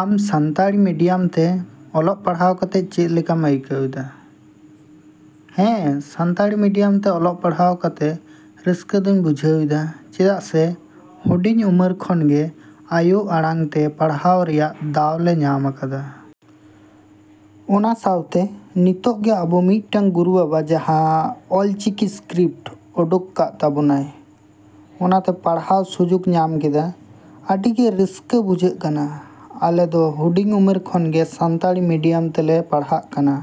‎ᱟᱢ ᱥᱟᱱᱛᱟᱲᱤ ᱢᱤᱰᱤᱭᱟᱢ ᱛᱮ ᱚᱞᱚᱜ ᱯᱟᱲᱦᱟᱣ ᱠᱟᱛᱮ ᱪᱮᱫ ᱞᱮᱠᱟᱢ ᱟᱹᱭᱠᱟᱹᱣ ᱮᱫᱟ? ᱦᱮᱸ, ᱥᱟᱱᱛᱟᱲᱤ ᱢᱤᱰᱤᱭᱟᱢ ᱛᱮ ᱚᱞᱚᱜ ᱯᱟᱲᱦᱟᱣ ᱠᱟᱛᱮ ᱨᱟᱹᱥᱠᱟᱹ ᱫᱚᱧ ᱵᱩᱡᱷᱟᱹᱣ ᱮᱫᱟ ᱪᱮᱫᱟᱜ ᱥᱮ ᱦᱩᱰᱤᱧ ᱩᱢᱮᱨ ᱠᱷᱚᱱ ᱜᱮ ᱟᱭᱳ ᱟᱲᱟᱝ ᱛᱮ ᱯᱟᱲᱦᱟᱜ ᱨᱮᱭᱟᱜ ᱫᱟᱣ ᱞᱮ ᱧᱟᱢ ᱟᱠᱟᱫᱟ᱾ ᱚᱱᱟ ᱥᱟᱶᱛᱮ ᱱᱤᱛᱚᱜ ᱜᱮ ᱟᱵᱚ ᱢᱤᱫᱴᱟᱝ ᱜᱩᱨᱩ ᱵᱟᱵᱟ ᱡᱟᱦᱟᱸ ᱚᱞ ᱪᱤᱠᱤ ᱥᱠᱨᱤᱯᱴ ᱚᱰᱚᱠ ᱟᱠᱟᱜ ᱛᱟᱵᱚᱱᱟᱭ, ᱚᱱᱟ ᱛᱮ ᱯᱟᱲᱦᱟᱣ ᱥᱩᱡᱚᱜ ᱧᱟᱢ ᱠᱮᱫᱟ᱾ ᱟᱹᱰᱤ ᱜᱮ ᱨᱟᱹᱥᱠᱟᱹ ᱵᱩᱡᱷᱟᱹᱜ ᱠᱟᱱᱟ᱾ ᱟᱞᱮ ᱫᱚ ᱦᱩᱰᱤᱧ ᱩᱢᱮᱨ ᱠᱷᱚᱱ ᱜᱮ ᱥᱟᱱᱛᱟᱲᱤ ᱢᱤᱰᱤᱭᱟᱢ ᱛᱮᱞᱮ ᱯᱟᱲᱦᱟᱜ ᱠᱟᱱᱟ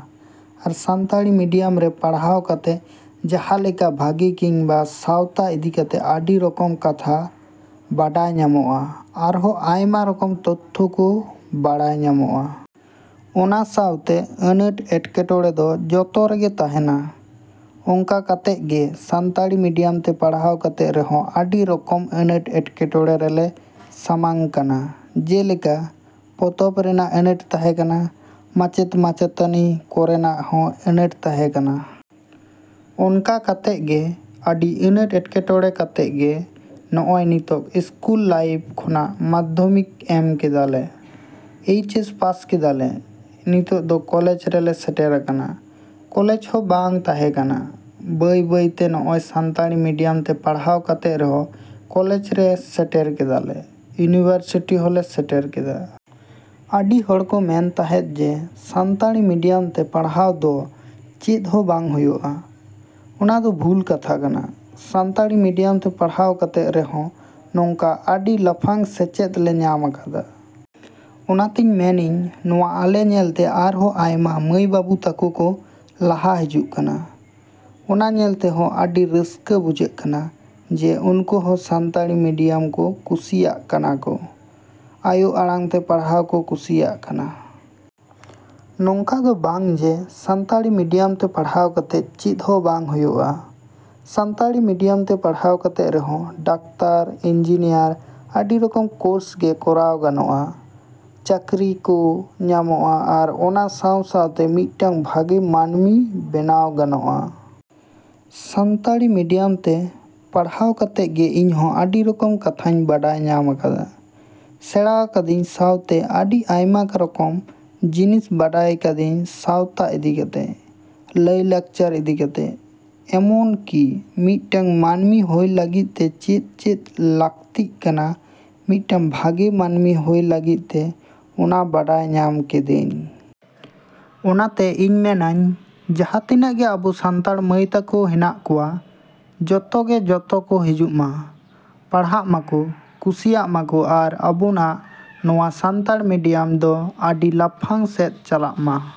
ᱟᱨ ᱥᱟᱱᱛᱟᱲᱤ ᱢᱤᱰᱤᱭᱟᱢ ᱨᱮ ᱯᱟᱲᱦᱟᱣ ᱠᱟᱛᱮ ᱡᱟᱦᱟᱸ ᱞᱮᱠᱟ ᱵᱷᱟᱜᱮ ᱠᱤᱱᱵᱟ ᱥᱟᱶᱛᱟ ᱤᱫᱤ ᱠᱟᱛᱮ ᱟᱹᱰᱤ ᱨᱚᱠᱚᱢ ᱠᱟᱛᱷᱟ ᱵᱟᱰᱟᱭ ᱧᱟᱢᱚᱜᱼᱟ ᱟᱨᱦᱚᱸ ᱟᱭᱢᱟ ᱨᱚᱠᱚᱢ ᱛᱚᱛᱛᱷᱚ ᱠᱚ ᱵᱟᱲᱟᱭ ᱧᱟᱢᱚᱜᱼᱟ᱾ ᱚᱱᱟ ᱥᱟᱶᱛᱮ ᱟᱱᱟᱴ ᱮᱴᱠᱮᱴᱚᱬᱮ ᱫᱚ ᱡᱷᱚᱛᱚ ᱨᱮᱜᱮ ᱛᱟᱦᱮᱱᱟ᱾ ᱚᱱᱠᱟ ᱠᱟᱛᱮ ᱜᱮ ᱥᱟᱱᱛᱟᱲᱤ ᱢᱤᱰᱤᱭᱟᱢ ᱛᱮ ᱯᱟᱲᱦᱟᱣ ᱠᱟᱛᱮ ᱨᱮᱦᱚᱸ ᱟᱹᱰᱤ ᱨᱚᱠᱚᱢ ᱟᱱᱟᱴ ᱮᱴᱠᱮᱴᱚᱬᱮ ᱨᱮᱞᱮ ᱥᱟᱢᱟᱝ ᱠᱟᱱᱟ᱾ ᱡᱮᱞᱮᱠᱟ ᱯᱚᱛᱚᱵ ᱨᱮᱱᱟᱜ ᱟᱱᱟᱴ ᱛᱟᱦᱮᱸ ᱠᱟᱱᱟ, ᱢᱟᱪᱮᱫ ᱢᱟᱪᱮᱛᱟᱹᱱᱤ ᱠᱚᱨᱮᱱᱟᱜ ᱦᱚᱸ ᱟᱱᱟᱴ ᱛᱟᱦᱮᱸ ᱠᱟᱱᱟ᱾ ᱚᱱᱠᱟ ᱠᱟᱛᱮ ᱜᱮ ᱟᱹᱰᱤ ᱟᱱᱟᱴ ᱮᱴᱠᱮᱴᱚᱬᱮ ᱠᱟᱛᱮ ᱜᱮ ᱱᱚᱜᱼᱚᱭ ᱱᱤᱛᱚᱜ ᱤᱥᱠᱩᱞ ᱞᱟᱭᱤᱯᱷ ᱠᱷᱚᱱᱟᱜ ᱢᱟᱫᱽᱫᱷᱚᱢᱤᱠ ᱮᱢ ᱠᱮᱫᱟᱞᱮ, ᱮᱭᱪ ᱮᱥ ᱯᱟᱥ ᱠᱮᱫᱟᱞᱮ, ᱱᱤᱛᱚᱜ ᱫᱚ ᱠᱚᱞᱮᱡᱽ ᱨᱮᱞᱮ ᱥᱮᱴᱮᱨ ᱟᱠᱟᱱᱟ᱾ ᱠᱚᱞᱮᱡᱽ ᱦᱚᱸ ᱵᱟᱝ ᱛᱟᱦᱮᱸ ᱠᱟᱱᱟ᱾ ᱵᱟᱹᱭᱼᱵᱟᱹᱭ ᱛᱮ ᱱᱚᱜᱼᱚᱭ ᱥᱟᱱᱛᱟᱲᱤ ᱢᱤᱰᱤᱭᱟᱢ ᱛᱮ ᱯᱟᱲᱦᱟᱣ ᱠᱟᱛᱮ ᱨᱮᱦᱚᱸ ᱠᱚᱞᱮᱡᱽ ᱨᱮ ᱥᱮᱴᱮᱨ ᱠᱮᱫᱟᱞᱮ, ᱤᱭᱩᱱᱤᱵᱷᱟᱨᱥᱤᱴᱤ ᱦᱚᱸᱞᱮ ᱥᱮᱴᱮᱨ ᱠᱮᱫᱟ᱾ ᱟᱹᱰᱤ ᱦᱚᱲ ᱠᱚ ᱢᱮᱱ ᱛᱟᱦᱮᱸᱫ ᱡᱮ ᱥᱟᱱᱛᱟᱲᱤ ᱢᱤᱰᱤᱭᱟᱢ ᱛᱮ ᱯᱟᱲᱦᱟᱜ ᱫᱚ ᱪᱮᱫ ᱦᱚᱸ ᱵᱟᱝ ᱦᱩᱭᱩᱜᱼᱟ᱾ ᱚᱱᱟᱫᱚ ᱵᱷᱩᱞ ᱠᱟᱛᱷᱟ ᱠᱟᱱᱟ᱾ ᱥᱟᱱᱛᱟᱲᱤ ᱢᱤᱰᱤᱭᱟᱢ ᱛᱮ ᱯᱟᱲᱦᱟᱣ ᱠᱟᱛᱮ ᱨᱮᱦᱚᱸ ᱱᱚᱝᱠᱟ ᱟᱹᱰᱤ ᱞᱟᱯᱷᱟᱝ ᱥᱮᱪᱮᱫ ᱞᱮ ᱧᱟᱢ ᱟᱠᱟᱫᱟ ᱾ ᱚᱱᱟᱛᱮᱧ ᱢᱮᱱᱤᱧ ᱱᱚᱣᱟ ᱟᱞᱮ ᱧᱮᱞᱛᱮ ᱟᱨᱦᱚᱸ ᱟᱭᱢᱟ ᱢᱟᱹᱭ ᱵᱟᱹᱵᱩ ᱛᱟᱠᱚ ᱠᱚ ᱞᱟᱦᱟ ᱦᱤᱡᱩᱜ ᱠᱟᱱᱟ᱾ ᱚᱱᱟ ᱧᱮᱞᱛᱮ ᱦᱚᱸ ᱟᱹᱰᱤ ᱨᱟᱹᱥᱠᱟᱹ ᱵᱩᱡᱷᱟᱹᱜ ᱠᱟᱱᱟ ᱡᱮ ᱩᱱᱠᱩ ᱦᱚᱸ ᱥᱟᱱᱛᱟᱲᱤ ᱢᱤᱰᱤᱭᱟᱢ ᱠᱚ ᱠᱩᱥᱤᱭᱟᱜ ᱠᱟᱱᱟ ᱠᱚ, ᱟᱭᱳ ᱟᱲᱟᱝ ᱛᱮ ᱯᱟᱲᱦᱟᱣ ᱠᱚ ᱠᱩᱥᱤᱭᱟᱜ ᱠᱟᱱᱟ᱾ ᱱᱚᱝᱠᱟ ᱫᱚ ᱵᱟᱝ ᱡᱮ ᱥᱟᱱᱛᱟᱲᱤ ᱢᱤᱰᱤᱭᱟᱢ ᱛᱮ ᱯᱟᱲᱦᱟᱣ ᱠᱟᱛᱮ ᱪᱮᱫ ᱦᱚᱸ ᱵᱟᱝ ᱦᱩᱭᱩᱜᱼᱟ᱾ ᱥᱟᱱᱛᱟᱲᱤ ᱢᱤᱰᱤᱭᱟᱢ ᱛᱮ ᱯᱟᱲᱦᱟᱣ ᱠᱟᱛᱮ ᱨᱮᱦᱚᱸ ᱰᱟᱠᱛᱟᱨ, ᱤᱧᱡᱤᱱᱤᱭᱟᱹᱨ, ᱟᱹᱰᱤ ᱨᱚᱠᱚᱢ ᱠᱚᱨᱥ ᱜᱮ ᱠᱚᱨᱟᱣ ᱜᱟᱱᱚᱜᱼᱟ, ᱪᱟᱹᱠᱨᱤ ᱠᱚ ᱧᱟᱢᱚᱜᱼᱟ ᱟᱨ ᱚᱱᱟ ᱥᱟᱶᱼᱥᱟᱶᱛᱮ ᱢᱤᱫᱴᱟᱝ ᱵᱷᱟᱜᱮ ᱢᱟᱹᱱᱢᱤ ᱵᱮᱱᱟᱣ ᱜᱟᱱᱚᱜᱼᱟ᱾ ᱥᱟᱱᱛᱟᱲᱤ ᱢᱤᱰᱤᱭᱟᱢ ᱛᱮ ᱯᱟᱲᱦᱟᱣ ᱠᱟᱛᱮ ᱜᱮ ᱤᱧ ᱦᱚᱸ ᱟᱹᱰᱤ ᱨᱚᱠᱚᱢ ᱠᱟᱛᱷᱟᱧ ᱵᱟᱰᱟᱭ ᱧᱟᱢ ᱟᱠᱟᱫᱟ, ᱥᱮᱬᱟ ᱠᱟᱫᱤᱧ ᱥᱟᱶᱛᱮ ᱟᱹᱰᱤ ᱟᱭᱢᱟ ᱨᱚᱠᱚᱢ ᱡᱤᱱᱤᱥ ᱵᱟᱰᱟᱭ ᱠᱟ.ᱫᱟ.ᱧ ᱥᱟᱶᱛᱟ ᱤᱫᱤ ᱠᱟᱛᱮ, ᱞᱟᱭ ᱞᱟᱠᱪᱟᱨ ᱤᱫᱤ ᱠᱟᱛᱮ, ᱮᱢᱚᱱ ᱠᱤ ᱢᱤᱫᱴᱟᱝ ᱢᱟᱹᱱᱢᱤ ᱦᱩᱭ ᱞᱟᱹᱜᱤᱫ ᱛᱮ ᱪᱮᱫ ᱪᱮᱫ ᱞᱟᱹᱠᱛᱤᱜ ᱠᱟᱱᱟ ᱢᱤᱫᱴᱟᱝ ᱵᱷᱟᱜᱮ ᱢᱟᱹᱱᱢᱤ ᱦᱩᱭ ᱞᱟᱹᱜᱤᱫ ᱛᱮ, ᱚᱱᱟ ᱵᱟᱰᱟᱭ ᱧᱟᱢ ᱠᱮᱫᱟ.ᱧ᱾ ᱚᱱᱟᱛᱮ ᱤᱧ ᱢᱮᱱᱟᱹᱧ ᱡᱟᱦᱟᱸ ᱛᱤᱱᱟᱹᱜ ᱜᱮ ᱟᱵᱚ ᱥᱟᱱᱛᱟᱲ ᱢᱟᱹᱭ ᱛᱟᱠᱚ ᱦᱮᱱᱟᱜ ᱠᱚᱣᱟ, ᱡᱷᱚᱛᱚ ᱜᱮ ᱡᱚᱛᱚ ᱠᱚ ᱦᱤᱡᱩᱜ ᱢᱟ, ᱯᱟᱲᱦᱟᱜ ᱢᱟᱠᱚ, ᱠᱩᱥᱤᱭᱟᱜ ᱢᱟᱠᱚ ᱟᱨ ᱟᱵᱚᱱᱟᱜ ᱱᱚᱣᱟ ᱥᱟᱱᱛᱟᱲᱤ ᱢᱤᱰᱤᱭᱟᱢ ᱫᱚ ᱟᱹᱰᱤ ᱞᱟᱯᱷᱟᱝ ᱥᱮᱫ ᱪᱟᱞᱟᱜ ᱢᱟ᱾।